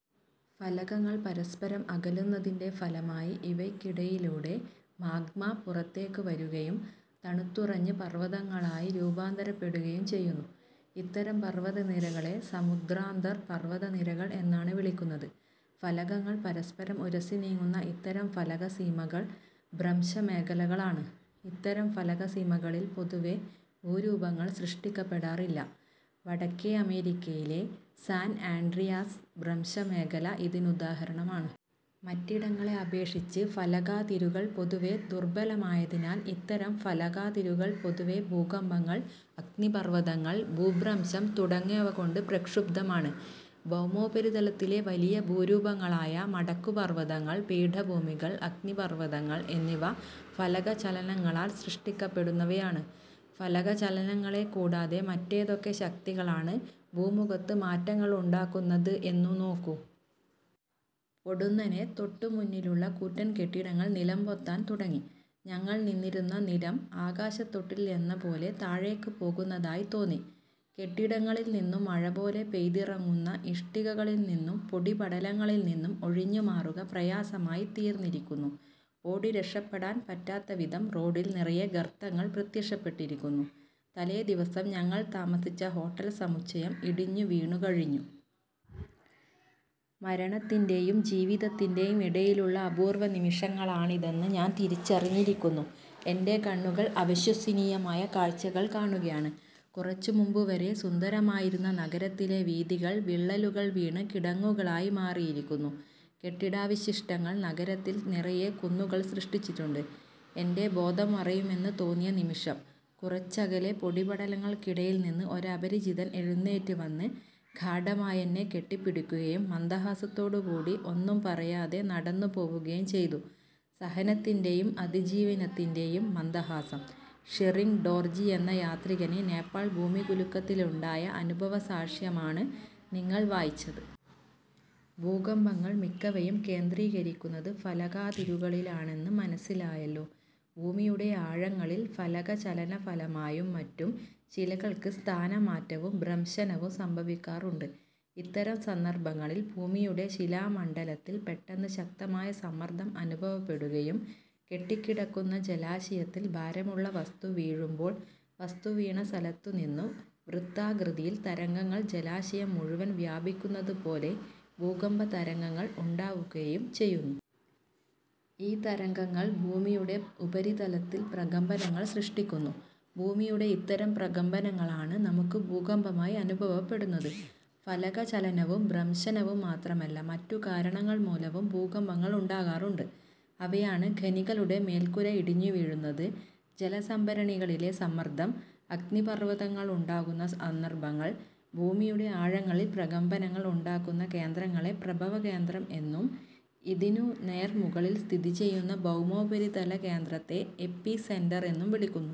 ഫലകങ്ങൾ പരസ്പരം അകലുന്നതിന്റെ ഫലമായി ഇവയ്ക്കിടയിലൂടെ മാഗ്മ പുറത്തേക്കു വരുകയും തണുത്തുറഞ്ഞ് പർവതങ്ങളായി രൂപാന്തരപ്പെടുകയും ചെയ്യുന്നു. ഇത്തരം പർവതനിരകളെ സമുദ്രാന്തർ പർവത നിരകൾ എന്നാണ് വിളിക്കുന്നത്. ഫലകങ്ങൾ പരസ്പരം ഉരസിനീങ്ങുന്ന ഇത്തരം ഫലക സീമകൾ ഭ്രംശമേഖലകളാണ്. ഇത്തരം ഫലകസീമകളിൽ പൊതുവെ ഭൂരൂപങ്ങൾ സൃഷ്ടിക്കപ്പെടാറില്ല. വടക്കേ അമേരിക്കയിലെ സാൻ ആൻഡ്രിയാസ് ഭ്രംശമേഖല ഇതിനുദാഹരണമാണ്. മറ്റിടങ്ങളെ അപേക്ഷിച്ച് ഫലകാതിരുകൾ പൊതുവെ ദുർബലമായതിനാൽ ഇത്തരം ഫലകാതിരുകൾ പൊതുവെ ഭൂകമ്പങ്ങൾ, അഗ്നി പർവതങ്ങൾ, ഭൂഭ്രംശം തുടങ്ങിയവകൊണ്ട് പ്രക്ഷുബ്ധമാണ്. ഭൗമോപരിതലത്തിലെ വലിയ ഭൂരൂപങ്ങളായ മടക്കുപർവതങ്ങൾ, പീഠഭൂമികൾ, അഗ്നിപർവതങ്ങൾ എന്നിവ ഫലക ചലനങ്ങളാൽ സൃഷ്ടിക്കപ്പെടുന്നവയാണ്. ഫലകചലനങ്ങളെ കൂടാതെ മറ്റേതൊക്കെ ശക്തികളാണ് ഭൂമുഖത്ത് മാറ്റങ്ങളുണ്ടാക്കു ന്നത് എന്നു നോക്കൂ. പൊടുന്നനെ തൊട്ടുമുന്നിലുള്ള കൂറ്റൻ കെട്ടിടങ്ങൾ നിലംപൊത്താൻ തുട ങ്ങി. ഞങ്ങൾ നിന്നിരുന്ന നിലം ആകാശത്തൊട്ടിലിലെന്നപോലെ താഴേക്കു പോകുന്നതായി തോന്നി. കെട്ടിടങ്ങളിൽനിന്നു മഴപോലെ പെയ്തിറങ്ങുന്ന ഇഷ്ടികകളിൽനിന്നും പൊടിപടലങ്ങളിൽനിന്നും ഒഴിഞ്ഞുമാറുക പ്രയാസമായിത്തീർന്നിരിക്കുന്നു. ഓടി രക്ഷപ്പെടാൻ പറ്റാത്തവിധം റോഡിൽ നിറയെ ഗർത്തങ്ങൾ പ്രത്യക്ഷപ്പെട്ടിരിക്കുന്നു. തലേദിവസം ഞങ്ങൾ താമസിച്ച ഹോട്ടൽ സമുച്ചയം ഇടിഞ്ഞു വീണുകഴിഞ്ഞു. മരണത്തിന്റെയും ജീവിതത്തിന്റെയും ഇടയിലുള്ള അപൂർവനിമിഷങ്ങളാണിതെന്ന് ഞാൻ തിരിച്ചറിഞ്ഞിരിക്കുന്നു. എന്റെ കണ്ണുകൾ അവിശ്വസനീയമായ കാഴ്ചകൾ കാണുകയാണ്. കുറച്ചു മുമ്പു വരെ സുന്ദരമായിരുന്ന നഗരത്തിലെ വീഥികൾ വിള്ളലുകൾ വീണ് കിടങ്ങുകളായി മാറിയിരിക്കുന്നു. കെട്ടിടാവശിഷ്ടങ്ങൾ നഗരത്തിൽ നിറയെ കുന്നുകൾ സൃഷ്ടിച്ചിട്ടുണ്ട്. എന്റെ ബോധം മറയുമെന്ന് തോന്നിയ നിമിഷം, കുറച്ചകലെ പൊടിപടലങ്ങൾക്കിടയിൽ നിന്ന് ഒരപരിചിതൻ എഴുന്നേറ്റു വന്ന് ഗാഢമായെന്നെ കെട്ടിപ്പിടിക്കുകയും മന്ദഹാസത്തോടുകൂടി ഒന്നും പറയാതെ നടന്നുപോവുകയും ചെയ്തു; സഹനത്തിന്റെയും അതിജീവനത്തിന്റെയും മന്ദഹാസം, ഷെറിങ് ഡോർജി എന്ന യാത്രികന് നേപ്പാൾ ഭൂമികുലുക്കത്തിലുണ്ടായ അനുഭവസാക്ഷ്യമാണ് നിങ്ങൾ വായിച്ചത്. ഭൂകമ്പങ്ങൾ മിക്കവയും കേന്ദ്രീകരിക്കുന്നത് ഫലകാതിരുകളിലാണെന്ന് മന സ്സിലായില്ലോ? ഭൂമിയുടെ ആഴങ്ങളിൽ ഫലകചലനഫലമായും മറ്റും ശിലകൾക്ക് സ്ഥാനമാറ്റവും ഭ്രംശനവും സംഭവിക്കാറുണ്ട്. ഇത്തരം സന്ദർഭങ്ങളിൽ ഭൂമിയുടെ ശിലാ മണ്ഡലത്തിൽ പെട്ടെന്ന് ശക്തമായ സമ്മർദം അനുഭവപ്പെടുകയും കെട്ടിക്കിടക്കുന്ന ജലാശയത്തിൽ ഭാരമുള്ള വസ്തു വീഴുമ്പോൾ വസ്തു വീണ സ്ഥലത്തുനിന്നു വൃത്താകൃതിയിൽ തരംഗങ്ങൾ ജലാശയം മുഴുവൻ വ്യാപിക്കുന്നതുപോലെ ഭൂകമ്പതരംഗങ്ങൾ ഉണ്ടാവുകയും ചെയ്യുന്നു. ഈ തരംഗങ്ങൾ ഭൂമിയുടെ ഉപരിതലത്തിൽ പ്രകമ്പനങ്ങൾ സൃഷ്ടിക്കുന്നു. ഭൂമിയുടെ ഇത്തരം പ്രകമ്പനങ്ങളാണ് നമുക്ക് ഭൂകമ്പമായി അനുഭവപ്പെടുന്നത്. ഫലകചലനവും ഭ്രംശനവും മാത്രമല്ല, മറ്റു കാരണങ്ങൾ മൂലവും ഭൂകമ്പങ്ങ ളുണ്ടാകാറുണ്ട്. അവയാണ്, ഖനികളുടെ മേൽക്കൂര ഇടിഞ്ഞുവീഴുന്നത്. ജലസംഭരണികളിലെ സമ്മർദം. അഗ്നിപർവതങ്ങളുണ്ടാകുന്ന സന്ദർഭങ്ങൾ. ഭൂമിയുടെ ആഴങ്ങളിൽ പ്രകമ്പനങ്ങൾ ഉണ്ടാകുന്ന കേന്ദ്രങ്ങളെ പ്രഭവകേന്ദ്രം എന്നും ഇതിനു നേർമുകളിൽ സ്ഥിതിചെയ്യുന്ന ഭൗമോപരിതല കേന്ദ്രത്തെ എപ്പിസെന്റർ എന്നും വിളിക്കുന്നു.